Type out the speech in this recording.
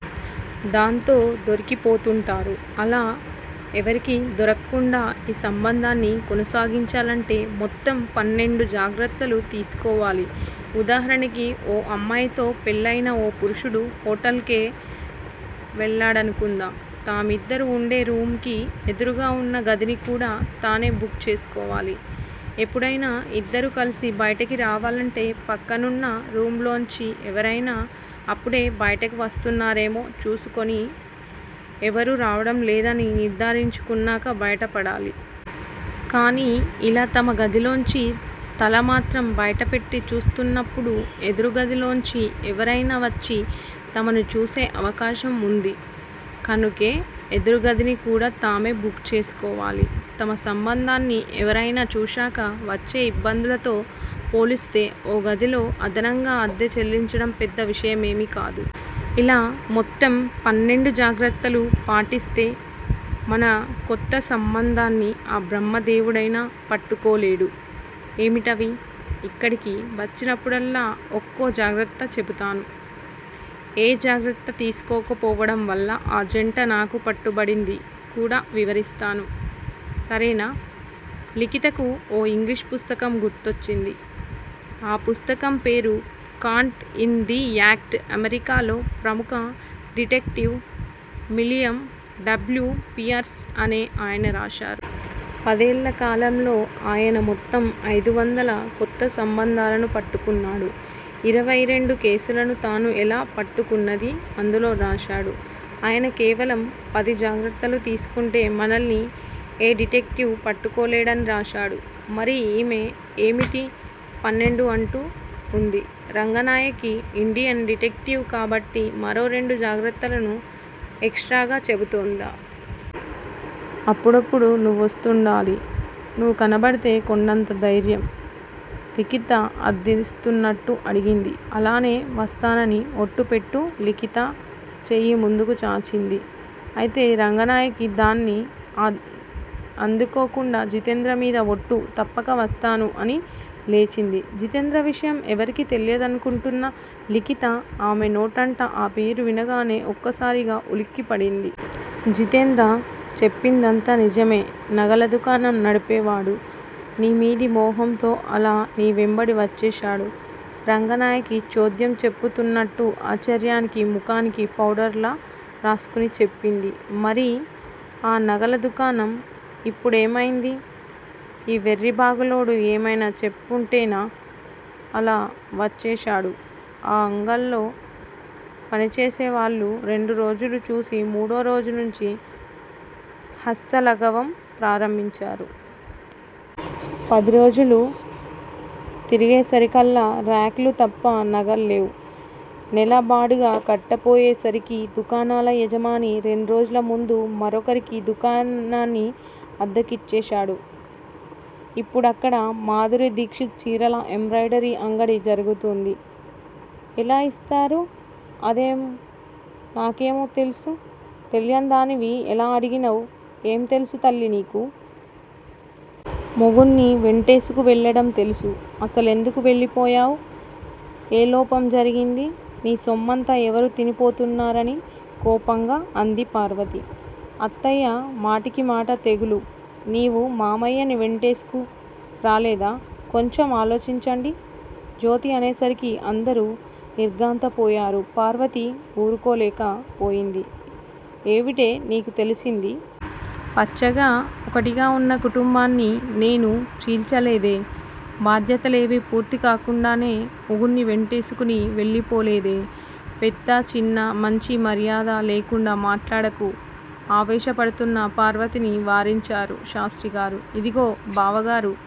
దాంతో దొరికిపోతుంటారు. అలా ఎవరికీ దొరక్కుండా ఈ సంబంధాన్ని కొనసాగించాలంటే మొత్తం పన్నెండు జాగ్రత్తలు తీసుకోవాలి. ఉదాహరణకి ఓ అమ్మాయితో పెళ్ళయిన ఓ పురుషుడు హోటల్ కే వెళ్ళాడనుకుందాం. తామిద్దరూ వుండే రూమ్ కి ఎదురుగా వున్న గదిని కూడా తానే బుక్ చేసుకోవాలి. ఎప్పుడయినా ఇద్దరూ కలిసి బయటికి రావాలంటే పక్కనున్న రూమ్ లోంచి ఎవరయినా అప్పుడే బయటికి వస్తున్నారేమో చూసుకుని ఎవరూ రావడం లేదని నిర్దారించుకున్నాక బయటపడాలి. కానీ ఇలా తమ గదిలోంచి తల మాత్రం బయటపెట్టి చూస్తున్నప్పుడు ఎదురుగదిలోంచి ఎవరయినా వచ్చి తమను చూసే అవకాశం వుంది. కనుకే ఎదురుగదిని కూడా తామే బుక్ చేసుకోవాలి. తమ సంబంధాన్ని ఎవరయినా చూశాక వచ్చే ఇబ్బందులతో పోలిస్తే ఓ గదికి అదనంగా అద్దె చెల్లించడం పెద్ద విషయమేమీ కాదు. ఇలా మొత్తం పన్నెండు జాగ్రత్తలు పాటిస్తే మన కొత్త సంబంధాన్ని ఆ బ్రహ్మదేవుడైనా పట్టుకోలేడు. ఏమిటవి? ఇక్కడికి వచ్చినప్పుడల్లా ఒక్కో జాగ్రత్త చెబుతాను. ఏ జాగ్రత్త తీసుకోకపోవడంవల్ల ఆ జంట నాకు పట్టుపడింది కూడా వివరిస్తాను. సరేనా? లిఖితకు ఓ ఇంగ్లీషు పుస్తకం గుర్తొచ్చింది. ఆ పుస్తకం పేరు 'కాoట్ ఇన్ ది యాక్ట్' అమెరికాలో ప్రముఖ డిటెక్టివ్ విలియం డబ్ల్యు పియర్స్ అనే ఆయన రాశారు. పదేళ్ళ కాలంలో ఆయన మొత్తం ఐదువందల కొత్త సంబంధాలను పట్టుకున్నాడు. ఇరవై రెండు కేసులను తాను ఎలా పట్టుకున్నదీ అందులో రాశాడు. ఆయన కేవలం పది జాగ్రత్తలు తీసుకుంటే మనల్ని ఏ డిటెక్టివ్వూ పట్టుకోలేడని రాశాడు. మరి ఈమె ఏమిటి పన్నెండు అంటూ వుంది. రంగనాయకి ఇండియన్ డిటెక్టివ్ కాబట్టి మరో రెండు జాగ్రత్తలను ఎక్ స్ట్రాగా చెబుతోందా? అప్పుడప్పుడూ నువ్వొస్తుండాలి. నువ్వు కనబడితే కొండంత ధైర్యం లిఖిత అర్దిస్తున్నట్టు అడిగింది. అలానే వస్తానని ఒట్టు పెట్టు లిఖిత చేయి ముందుకు చాచింది. అయితే రంగనాయకి దాన్ని అందుకోకుండా జితేంద్రమీద ఒట్టు- తప్పక వస్తాను అని లేచింది. జితేంద్ర విషయం ఎవరికీ తెలియదనుకుంటున్న లిఖిత ఆమె నోటంట ఆ పేరు వినగానే ఒక్కసారిగా ఉలిక్కిపడింది. జితేంద్ర చెప్పిందంతా నిజమే నగల దుకాణం నడిపేవాడు. నీమీది మోహంతో అలా నీ వెంబడి వచ్చేశాడు రంగనాయకి చోద్యం చెబుతున్నట్టు ఆశ్చర్యాన్ని ముఖానికి పౌడర్ లా రాసుకుని చెప్పింది. మరి ఆ నగల దుకాణం ఇప్పుడేమైంది! ఈ వెర్రిబాగులోడు ఏమైనా చెప్పుంటేనా? అలా వచ్చేశాడు. ఆ అంగల్లో పనిచేసే వాళ్ళు రెండురోజులు చూసి మూడోరోజు నుంచి హస్తలఘవం ప్రారంభించారు. పదిరోజులు తిరిగేసరికల్లా రాక్ లు తప్ప నగల్లేవు. నెల బాడుగ కట్టకపోయేసరికి దుకాణాల యజమాని రెండురోజుల ముందే మరొకరికి దుకాణాన్ని అద్దెకిచ్చేశాడు. ఇప్పుడక్కడ మాధురీదీక్షిత్ చీరల ఎంబ్రాయిడరీ అంగడి జరుగుతోంది। ఎలా యిస్తారు అదేo నాకేం తెలుసు. తెలియనిదానివి ఎలా అడిగావ్? ఏం తెలుసు తల్లి నీకు? మొగుణ్ని వెంటేసుకు వెళ్ళటం తెలుసు? అసలెందుకు వెళ్ళిపోయావు. ఏం లోపం జరిగింది? నీ సొమ్మంతా ఎవరు తినిపోతున్నారని? కోపంగా అంది పార్వతి. అత్తయ్యా! మాటకి మాట తెగులు! నీవూ మావయ్యని వెంటేసుకురాలేదా? కొంచెం ఆలోచించండి. జ్యోతి అనేసరికి అందరూ నిర్ఘాంతపోయారు. పార్వతి వూరుకోలేక పోయింది. ఏవిటే నీకు తెలిసింది. పచ్చగా ఒకటిగా వున్న కుటుంబాన్ని నేను చీల్చలేదే? బాధ్యతలేవీ పూర్తి కాకుండానే మొగుణ్ని వెంటేసుకుని వెళ్ళిపోలేదే? పెద్దా చిన్నా, మంచీ మర్యాదా లేకుండా మాట్లాడకు ఆవేశపడుతున్న పార్వతిని వారించారు శాస్త్రిగారు. ఇదిగో బావగారూ!